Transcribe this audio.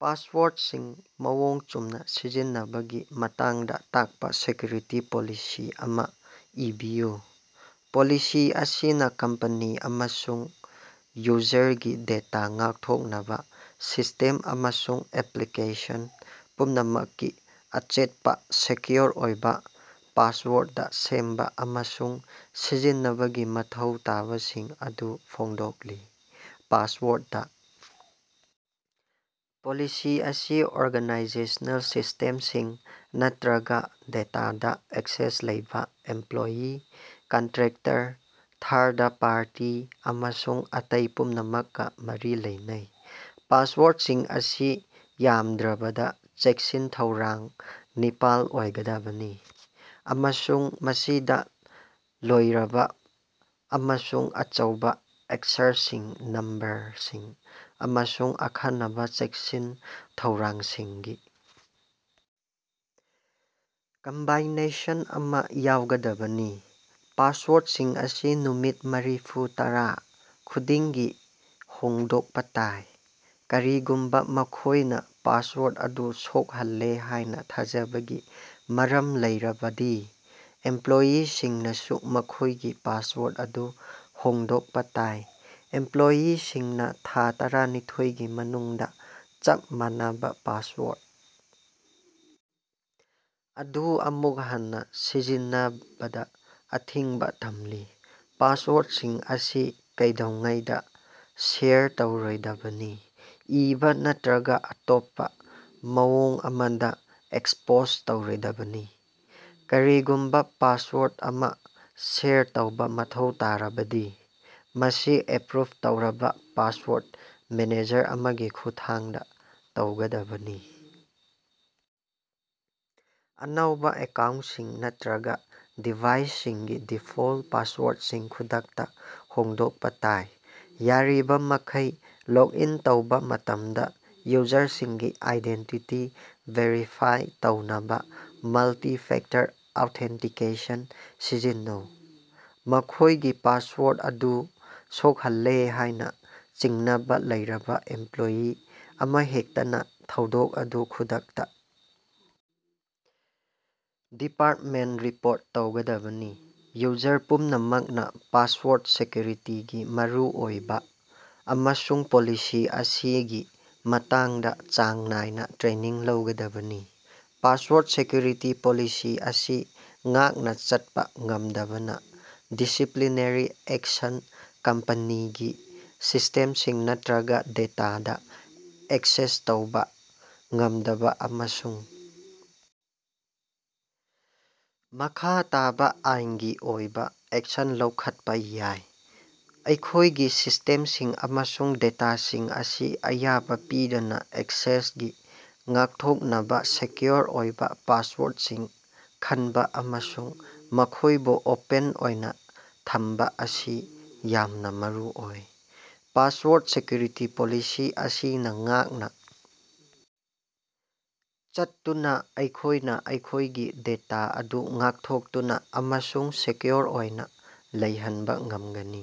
ꯄꯥꯁꯋꯥꯔꯠꯁꯤꯡ ꯃꯑꯣꯡ ꯆꯨꯝꯅꯥ ꯁꯤꯖꯤꯟꯅꯕꯒꯤ ꯃꯇꯥꯡꯗꯥ ꯇꯥꯛꯄꯥ ꯁꯦꯀ꯭ꯌꯨꯔꯤꯇꯤ ꯄꯣꯂꯤꯁꯤ ꯑꯃꯥ ꯏꯕꯤꯌꯨ꯫ ꯄꯣꯂꯤꯁꯤ ꯑꯁꯤꯅꯥ ꯀꯝꯄꯦꯅꯤ ꯑꯃꯁꯨꯡ ꯌꯨꯖꯔꯒꯤ ꯗꯦꯇꯥ ꯉꯥꯛꯊꯣꯛꯅꯕꯥ ꯁꯤꯁꯇꯦꯝ ꯑꯃꯁꯨꯡ ꯑꯦꯄ꯭ꯂꯤꯀꯦꯁꯟ ꯄꯨꯝꯅꯃꯛꯀꯤ ꯑꯆꯦꯠꯄꯥ, ꯁꯦꯀ꯭ꯌꯨꯔ ꯑꯣꯏꯕꯥ ꯄꯥꯁꯋꯥꯔꯗ ꯁꯦꯝꯕꯥ ꯑꯃꯁꯨꯡ ꯁꯤꯖꯤꯟꯅꯕꯒꯤ ꯃꯊꯧ ꯇꯥꯕꯁꯤꯡ ꯑꯗꯨ ꯐꯣꯡꯗꯣꯛꯂꯤ꯫ ꯄꯥꯁꯋꯥꯔꯗ ꯄꯣꯂꯤꯁꯤ ꯑꯁꯤ ꯑꯣꯔꯒꯥꯅꯥꯏꯖꯦꯁꯅꯦꯜ ꯁꯤꯁꯇꯦꯝꯁꯤꯡ ꯅꯠꯇ꯭ꯔꯒꯥ ꯗꯦꯇꯥꯗꯥ ꯑꯦꯛꯁꯦꯁ ꯂꯩꯕꯥ ꯏꯝꯄ꯭ꯂꯣꯌꯤ, ꯀꯟꯇ꯭ꯔꯦꯛꯇꯔ, ꯊꯥꯔꯗ ꯄꯥꯔꯇꯤ ꯑꯃꯁꯨꯡ ꯑꯇꯩ ꯄꯨꯝꯅꯃꯛꯀꯥ ꯃꯔꯤ ꯂꯩꯅꯩ꯫ ꯄꯥꯁꯋꯥꯔꯠꯁꯤꯡ ꯑꯁꯤ ꯌꯥꯝꯗ꯭ꯔꯕꯗꯥ ꯆꯦꯛꯁꯤꯟ-ꯊꯧꯔꯥꯡ ꯅꯤꯄꯥꯜ ꯑꯣꯏꯒꯗꯕꯅꯤ ꯑꯃꯁꯨꯡ ꯃꯁꯤꯗꯥ ꯂꯣꯏꯔꯕꯥ ꯑꯃꯁꯨꯡ ꯑꯆꯧꯕꯥ ꯑꯛꯁꯔꯁꯤꯡ, ꯅꯝꯕꯔꯁꯤꯡ ꯑꯃꯁꯨꯡ ꯑꯈꯟꯅꯕꯥ ꯆꯦꯛꯁꯤꯟ-ꯊꯧꯔꯥꯡꯁꯤꯡꯒꯤ ꯀꯝꯕꯥꯏꯅꯦꯁꯟ ꯑꯃꯥ ꯌꯥꯎꯒꯗꯕꯅꯤ꯫ ꯄꯥꯁꯋꯥꯔꯠꯁꯤꯡ ꯑꯁꯤ ꯅꯨꯃꯤꯠ ꯃꯔꯤꯐꯨ ꯇꯔꯥ ꯈꯨꯗꯤꯡꯒꯤ ꯍꯣꯡꯗꯣꯛꯄꯥ ꯇꯥꯏ꯫ ꯀꯔꯤꯒꯨꯝꯕꯥ ꯃꯈꯣꯏꯅꯥ ꯄꯥꯁꯋꯥꯔꯠ ꯑꯗꯨ ꯁꯣꯛꯍꯜꯂꯦ ꯍꯥꯏꯅꯥ ꯊꯥꯖꯕꯒꯤ ꯃꯔꯝ ꯂꯩꯔꯕꯗꯤ ꯏꯝꯄ꯭ꯂꯣꯏꯌꯤꯁꯤꯡꯅꯁꯨ ꯃꯈꯣꯏꯒꯤ ꯄꯥꯁꯋꯥꯔꯠ ꯑꯗꯨ ꯍꯣꯡꯗꯣꯛꯄꯥ ꯇꯥꯏ꯫ ꯏꯝꯄ꯭ꯂꯣꯏꯌꯤꯁꯤꯡꯅꯥ ꯊꯥ ꯇꯔꯥꯅꯤꯊꯣꯏꯒꯤ ꯃꯅꯨꯡꯗꯥ ꯆꯞ ꯃꯥꯟꯅꯕꯥ ꯄꯥꯁꯋꯥꯔꯠ ꯑꯗꯨ ꯑꯃꯨꯛ ꯍꯟꯅꯥ ꯁꯤꯖꯤꯟꯅꯕꯗꯥ ꯑꯊꯤꯡꯕꯥ ꯊꯝꯂꯤ꯫ ꯄꯥꯁꯋꯥꯔꯠꯁꯤꯡ ꯑꯁꯤ ꯀꯩꯗꯧꯉꯩꯗꯥ ꯁꯦꯌꯔ ꯇꯧꯔꯣꯏꯗꯕꯅꯤ, ꯏꯕꯥ ꯅꯠꯇ꯭ꯔꯒꯥ ꯑꯇꯣꯞꯄꯥ ꯃꯑꯣꯡ ꯑꯃꯗꯥ ꯑꯦꯛꯁꯄꯣꯖ ꯇꯧꯔꯣꯏꯗꯕꯅꯤ꯫ ꯀꯔꯤꯒꯨꯝꯕꯥ ꯄꯥꯁꯋꯥꯔꯗ ꯑꯃꯥ ꯁꯦꯌꯥꯔ ꯇꯧꯕꯥ ꯃꯊꯧ ꯇꯥꯔꯕꯗꯤ, ꯃꯁꯤ ꯑꯦꯄ꯭ꯔꯨꯞ ꯇꯧꯔꯕꯥ ꯄꯥꯁꯋꯥꯔꯠ ꯃꯦꯅꯦꯖꯔ ꯑꯃꯒꯤ ꯈꯨꯠꯊꯥꯡꯗꯥ ꯇꯧꯒꯗꯕꯅꯤ꯫ ꯑꯅꯧꯕꯥ ꯑꯦꯀꯥꯎꯟꯁꯤꯡ ꯅꯠꯇ꯭ꯔꯒꯥ ꯗꯤꯚꯥꯏꯁꯁꯤꯡꯒꯤ ꯗꯤꯐꯣꯜ ꯄꯥꯁꯋꯥꯔꯠꯁꯤꯡ ꯈꯨꯗꯛꯇꯥ ꯍꯣꯡꯗꯣꯛꯄꯥ ꯇꯥꯏ꯫ ꯌꯥꯔꯤꯕꯃꯈꯩ, ꯂꯣꯛ ꯏꯟ ꯇꯧꯕꯥ ꯃꯇꯝꯗꯥ ꯌꯨꯖꯔꯁꯤꯡꯒꯤ ꯑꯥꯏꯗꯦꯟꯇꯤꯇꯤ ꯚꯦꯔꯤꯐꯥꯏ ꯇꯧꯅꯕꯥ ꯃꯜꯇꯤꯐꯦꯛꯇꯔ ꯑꯣꯊꯦꯟꯇꯤꯀꯦꯁꯟ ꯁꯤꯖꯤꯟꯅꯧ꯫ ꯃꯈꯣꯏꯒꯤ ꯄꯥꯁꯋꯥꯔꯠ ꯑꯗꯨ ꯁꯣꯛꯍꯜꯂꯦ ꯍꯥꯏꯅꯥ ꯆꯤꯡꯅꯕꯥ ꯂꯩꯔꯕꯥ ꯏꯝꯄ꯭ꯂꯣꯏꯌꯤ ꯑꯃꯍꯦꯛꯇꯅꯥ ꯊꯧꯗꯣꯛ ꯑꯗꯨ ꯈꯨꯗꯛꯇꯥ ꯗꯤꯄꯥꯔꯠꯃꯦꯟꯇꯥ ꯔꯤꯄꯣꯔꯠ ꯇꯧꯒꯗꯕꯅꯤ꯫ ꯌꯨꯖꯔ ꯄꯨꯝꯅꯃꯛꯅꯥ ꯄꯥꯁꯋꯥꯔꯠ ꯁꯦꯀ꯭ꯌꯨꯔꯤꯇꯤꯒꯤ ꯃꯔꯨꯑꯣꯏꯕꯥ ꯑꯃꯁꯨꯡ ꯄꯣꯂꯤꯁꯤ ꯑꯁꯤꯒꯤ ꯃꯇꯥꯡꯗꯥ ꯆꯥꯡ ꯅꯥꯏꯅꯥ ꯇ꯭ꯔꯦꯅꯤꯡ ꯂꯧꯒꯗꯕꯅꯤ꯫ ꯄꯥꯁꯋꯥꯔꯠ ꯁꯦꯀ꯭ꯌꯨꯔꯤꯇꯤ ꯄꯣꯂꯤꯁꯤ ꯑꯁꯤ ꯉꯥꯛꯅꯥ ꯆꯠꯄꯥ ꯉꯝꯗꯕꯅꯥ ꯗꯤꯁꯤꯄ꯭ꯂꯤꯅꯔꯤ ꯑꯦꯛꯁꯟ, ꯀꯝꯄꯅꯤꯒꯤ ꯁꯤꯁꯇꯦꯝꯁꯤꯡ ꯅꯠꯇ꯭ꯔꯒꯥ ꯗꯦꯇꯥꯗꯥ ꯑꯦꯛꯁꯦꯁ ꯇꯧꯕꯥ ꯉꯝꯗꯕꯥ ꯑꯃꯁꯨꯡ ꯃꯈꯥ ꯇꯥꯕꯥ ꯑꯥꯏꯟꯒꯤ ꯑꯣꯏꯕꯥ ꯑꯦꯛꯁꯟ ꯂꯧꯈꯠꯄꯥ ꯌꯥꯏ꯫ ꯑꯩꯈꯣꯏꯒꯤ ꯁꯤꯁꯇꯦꯝꯁꯤꯡ ꯑꯃꯁꯨꯡ ꯗꯦꯇꯥꯁꯤꯡ ꯑꯁꯤ ꯑꯌꯥꯕꯥ ꯄꯤꯗꯕꯥ ꯑꯦꯛꯁꯦꯁꯇꯒꯤ ꯉꯥꯛꯊꯣꯛꯅꯕꯥ ꯁꯦꯀ꯭ꯌꯣꯔ ꯑꯣꯏꯕꯥ ꯄꯥꯁꯋꯥꯔꯠꯁꯤꯡ ꯈꯟꯕꯥ ꯑꯃꯁꯨꯡ ꯃꯈꯣꯏꯕꯨ ꯑꯣꯄꯟ ꯑꯣꯏꯅꯥ ꯊꯝꯕꯥ ꯑꯁꯤ ꯌꯥꯝꯅꯥ ꯃꯔꯨꯑꯣꯏ꯫ ꯄꯥꯁꯋꯥꯔꯗ ꯁꯦꯀ꯭ꯌꯨꯔꯤꯇꯤ ꯄꯣꯂꯤꯁꯤ ꯑꯁꯤꯅ ꯉꯥꯛꯅꯥ ꯆꯠꯇꯨꯅꯥ ꯑꯩꯈꯣꯏꯅꯥ ꯑꯩꯈꯣꯏꯒꯤ ꯗꯦꯇꯥ ꯑꯗꯨ ꯉꯥꯛꯊꯣꯛꯇꯨꯅꯥ ꯑꯃꯁꯨꯡ ꯁꯦꯀ꯭ꯌꯨꯔ ꯑꯣꯏꯅꯥ ꯂꯩꯍꯟꯕꯥ ꯉꯝꯒꯅꯤ꯫